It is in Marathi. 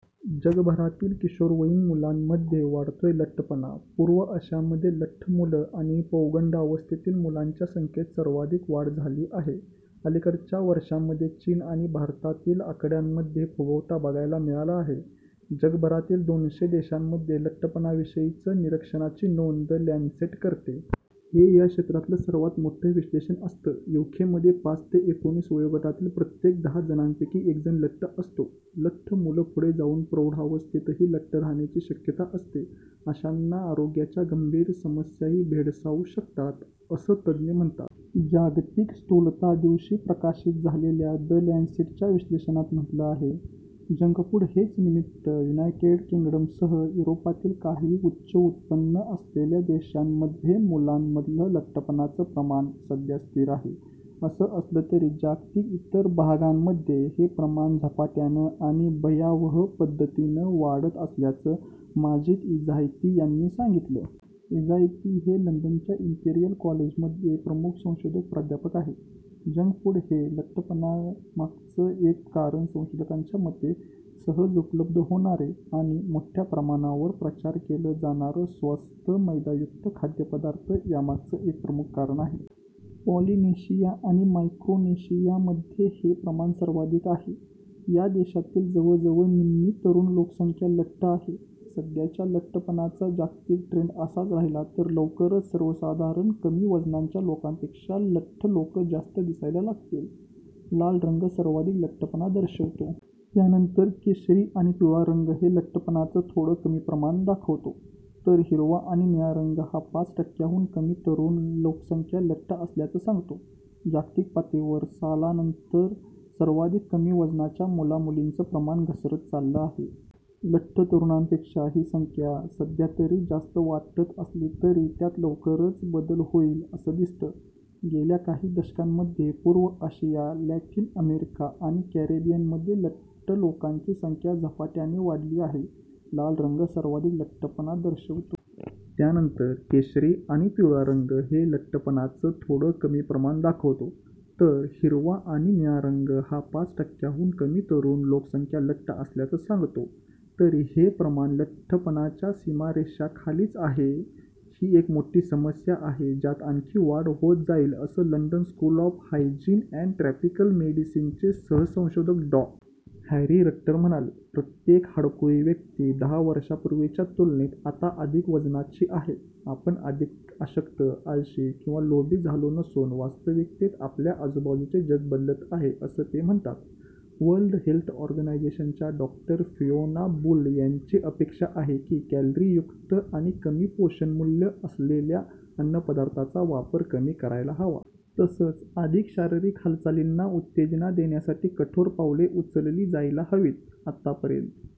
जगभरातील किशोरवयीन मुलांमध्ये वाढतोय लठ्ठपणा पूर्व आशियामध्ये लठ्ठ मुलं आणि पौगंडावस्थेतील मुलांच्या संख्येत सर्वाधिक वाढ झाली आहे. अलिकडच्या वर्षांमध्ये चीन आणि भारतातील आकड्यांमध्ये फुगवटा बघायला मिळाला आहे. जगातील दोनशे देशांमध्ये लठ्ठपणाविषयीचं निरक्षणाची नोंद 'द लॅन्सेट' करते. हे या क्षेत्रातलं सर्वांत मोठं विश्लेषण असतं. यूकेमध्ये पाच ते एकोणीस वयोगटातील प्रत्येक दहा जणांपैकी एकजण लठ्ठ असतो. लठ्ठ मुलं पुढे चालून प्रौढावस्थेतही लठ्ठच राहण्याची शक्यता असते. अशांना आरोग्याच्या गंभीर समस्याही भेडसावू शकतात, असं तज्ज्ञ म्हणतात. जागतिक स्थूलता दिवशी प्रकाशीत झालेल्या 'द लॅन्सेट'च्या विश्लेषणात म्हटले आहे. जंकफूड हेच निमित्त युनायटेड किंगडमसह युरोपातील काही उच्च उत्पन्न असलेल्या देशांमध्ये मुलांमधलं लठ्ठपणाचं प्रमाण सध्या स्थिर आहे. असं असलं तरी जगातील इतर भागांमध्ये हे प्रमाण झपाट्यानं आणि भयावह पद्धतीनं वाढत असल्याचं माजिद इझाती यांनी सांगितलं. इझाती हे लंडनच्या इंपिरियल कॉलेजमध्ये प्रमुख संशोधक प्राध्यापक आहेत. जंक फूड हे लठ्ठपणा मागचं एक कारण संशोधकांच्या मते सहज उपलब्ध होणारे आणि मोठ्या प्रमाणावर प्रचार केले जाणारे स्वस्त मैदायुक्त खाद्यपदार्थ यामागचं एक प्रमुख कारण आहे. पॉलिनेशिया आणि मायक्रोनेशियामध्ये हे प्रमाण सर्वाधिक आहे. या देशांतील जवळजवळ निम्मी तरुण लोकसंख्या लठ्ठ आहे. सध्याचा लठ्ठपणाचा जागतिक ट्रेंड असाच राहिला तर लवकरच सर्वसाधारण कमी वजनाच्या लोकांपेक्षा लठ्ठ लोकं जास्त दिसायला लागतील. लाल रंग सर्वाधिक लठ्ठपणा दर्शवितो. त्यानंतर केशरी आणि पिवळा रंग हे लठ्ठपणाचं थोडं कमी प्रमाण दाखवतो. तर हिरवा आणि निळा रंग हा पाच टक्क्यांहून कमी तरुण लोकसंख्या लठ्ठ असल्याचं सांगतो. जागतिक पातळीवर सालानंतर सर्वसाधारण कमी वजनाच्या मुलामुलींचं प्रमाण घसरत चाललं आहे. लठ्ठ तरुणांपेक्षा ही संख्या सध्यातरी जास्त वाटत असली तरी त्यात लवकरच बदल होईल असं दिसतं. गेल्या काही दशकांमध्ये पूर्व आशिया, लॅटिन अमेरिका आणि कॅरेबियनमध्ये लठ्ठ लोकांची संख्या झपाट्याने वाढली आहे. लाल रंग सर्वाधिक लठ्ठपणा दर्शवितो. त्यानंतर केशरी आणि पिवळा रंग हे लठ्ठपणाचं थोडं कमी प्रमाण दाखवतो. तर हिरवा आणि निळा रंग हा पाच टक्क्यांहून कमी तरुण लोकसंख्या लठ्ठ असल्याचं सांगतो. तरी हे प्रमाण लठ्ठपणाच्या सीमारेषेखालीच आहे. ही एक मोठी समस्या आहे ज्यात आणखी वाढ होत जाईल असं London School of Hygiene and Tropical मेडिसिनचे सहसंशोधक डॉ. हॅरी रट्टर म्हणाले. प्रत्येक हाडकुळी व्यक्ती दहा वर्षांपूर्वीच्या तुलनेत आता अधिक वजनाची आहे. आपण अधिक अशक्त, आळशी किंवा लोभी झालो नसून वास्तविकतेत आपल्या आजूबाजूचे जग बदलत आहे असं ते म्हणतात. वर्ल्ड हेल्थ ऑर्गनायझेशन च्या डॉ फियोना बुल यांची अपेक्षा आहे की कॅलरीयुक्त आणि कमी पोषणमूल्य असलेल्या अन्नपदार्थांचा वापर कमी करायला हवा. तसंच अधिक शारीरिक हालचालींना उत्तेजन देण्यासाठी कठोर पावले उचलली जायला हवीत. आतापर्यंत